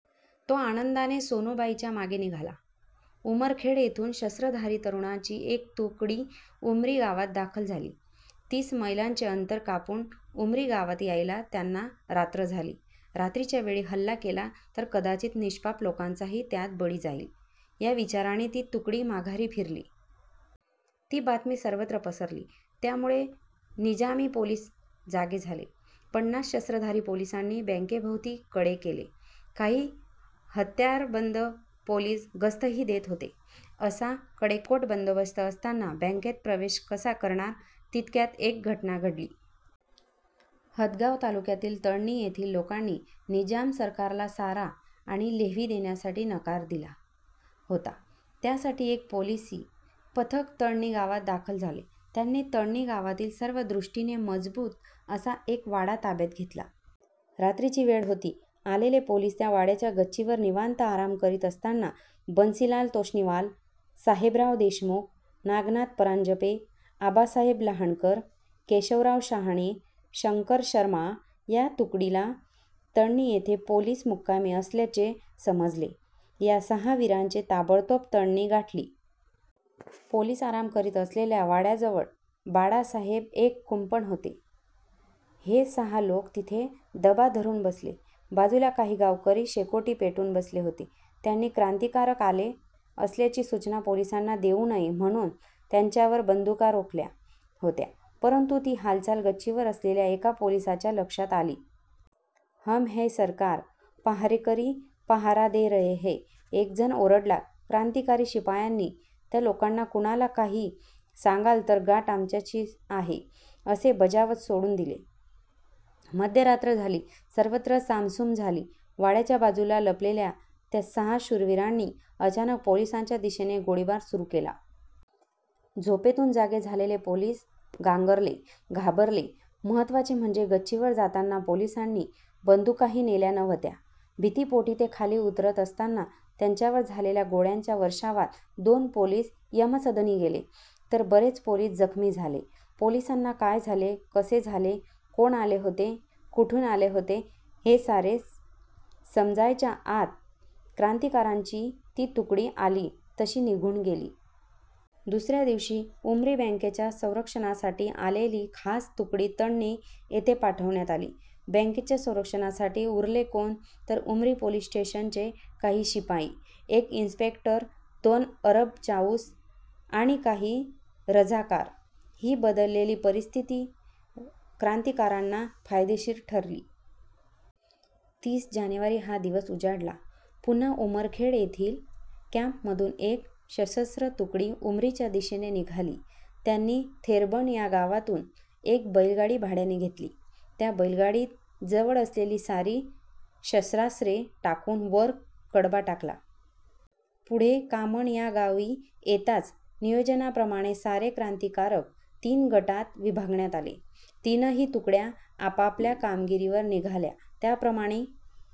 तो आनंदाने सोनूबाईच्या मागे निघाला. उमरखेड येथून शस्त्रधारी तरुणांची एक तुकडी उमरी गावात दाखल झाली. तीस मैलांचे अंतर कापून उमरी गावात यायला त्यांना रात्र झाली. रात्रीच्या वेळी हल्ला केला तर कदाचित निष्पाप लोकांचाही त्यात बळी जाईल, या विचाराने ती तुकडी माघारी फिरली. ती बातमी सर्वत्र पसरली. त्यामुळे निजामी पोलीस जागे झाले. पन्नास शस्त्रधारी पोलिसांनी बँकेभोवती कडे केले. काही हत्यारबंद पोलीस गस्तही देत होते. असा कडेकोट बंदोबस्त असताना बँकेत प्रवेश कसा करणार? तितक्यात एक घटना घडली. हदगाव तालुक्यातील तळणी येथील लोकांनी निजाम सरकारला सारा आणि लेव्ही देण्यासाठी नकार दिला होता. त्यासाठी एक पोलिसी पथक तळणी गावात दाखल झाले. त्यांनी तळणी गावातील सर्व दृष्टीने मजबूत असा एक वाडा ताब्यात घेतला. रात्रीची वेळ होती. आलेले पोलीस त्या वाड्याच्या गच्चीवर निवांत आराम करीत असताना बन्सीलाल तोष्णीवाल, साहेबराव देशमुख, नागनाथ परांजपे, आबासाहेब लहानकर, केशवराव शहाणे, शंकर शर्मा या तुकडीला तळणी येथे पोलीस मुक्कामी असल्याचे समजले. या सहा वीरांनी ताबडतोब तळणी गाठली. पोलीस आराम करीत असलेल्या वाड्याजवळ बाडासारखे एक कुंपण होते. हे सहा लोक तिथे दबा धरून बसले. बाजूला काही गावकरी शेकोटी पेटवून बसले होते. त्यांनी क्रांतिकारक आले असल्याची सूचना पोलिसांना देऊ नये म्हणून त्यांच्यावर बंदुका रोखल्या होत्या, परंतु ती हालचाल गच्चीवर असलेल्या एका पोलिसाच्या लक्षात आली. हम है सरकार, पहारेकरी! पहारा दे रहे है. एकजण ओरडला. क्रांतिकारी शिपायांनी त्या लोकांना कुणाला काही सांगाल तर गाठ आमच्याशी आहे, असे बजावत सोडून दिले. मध्यरात्र झाली. सर्वत्र सामसूम झाली. वाड्याच्या बाजूला लपलेल्या त्या सहा शूरवीरांनी अचानक पोलिसांच्या दिशेने गोळीबार सुरू केला. झोपेतून जागे झालेले पोलीस गांगरले, घाबरले. महत्त्वाचे म्हणजे गच्चीवर जाताना पोलिसांनी बंदुकाही नेल्या नव्हत्या. भीतीपोटी ते खाली उतरत असताना त्यांच्यावर झालेल्या गोळ्यांच्या वर्षावात दोन पोलीस यमसदनी गेले, तर बरेच पोलीस जखमी झाले. पोलिसांना काय झाले, कसे झाले, कोण आले होते, कुठून आले होते, हे सारे समजायच्या आत क्रांतिकारकांची ती तुकडी आली तशी निघून गेली. दुसऱ्या दिवशी उमरी बँकेच्या संरक्षणासाठी आलेली खास तुकडी तळणी येथे पाठवण्यात आली. बँकेच्या संरक्षणासाठी उरले कोण तर उमरी पोलीस स्टेशनचे काही शिपाई, एक इन्स्पेक्टर, दोन अरब चाऊस आणि काही रझाकार! ही बदललेली परिस्थिती क्रांतिकारकांना फायदेशीर ठरली. तीस जानेवारी हा दिवस उजाडला. पुन्हा उमरखेड येथील कॅम्पमधून एक सशस्त्र तुकडी उमरीच्या दिशेने निघाली. त्यांनी थेरबन या गावातून एक बैलगाडी भाड्याने घेतली. त्या बैलगाडीत जवळ असलेली सारी शस्त्रास्त्रे टाकून वर कडबा टाकला. पुढे कामन या गावी येताच नियोजनाप्रमाणे सारे क्रांतिकारक तीन गटांत विभागण्यात आले. तीनही तुकड्या आपापल्या कामगिरीवर निघाल्या. त्याप्रमाणे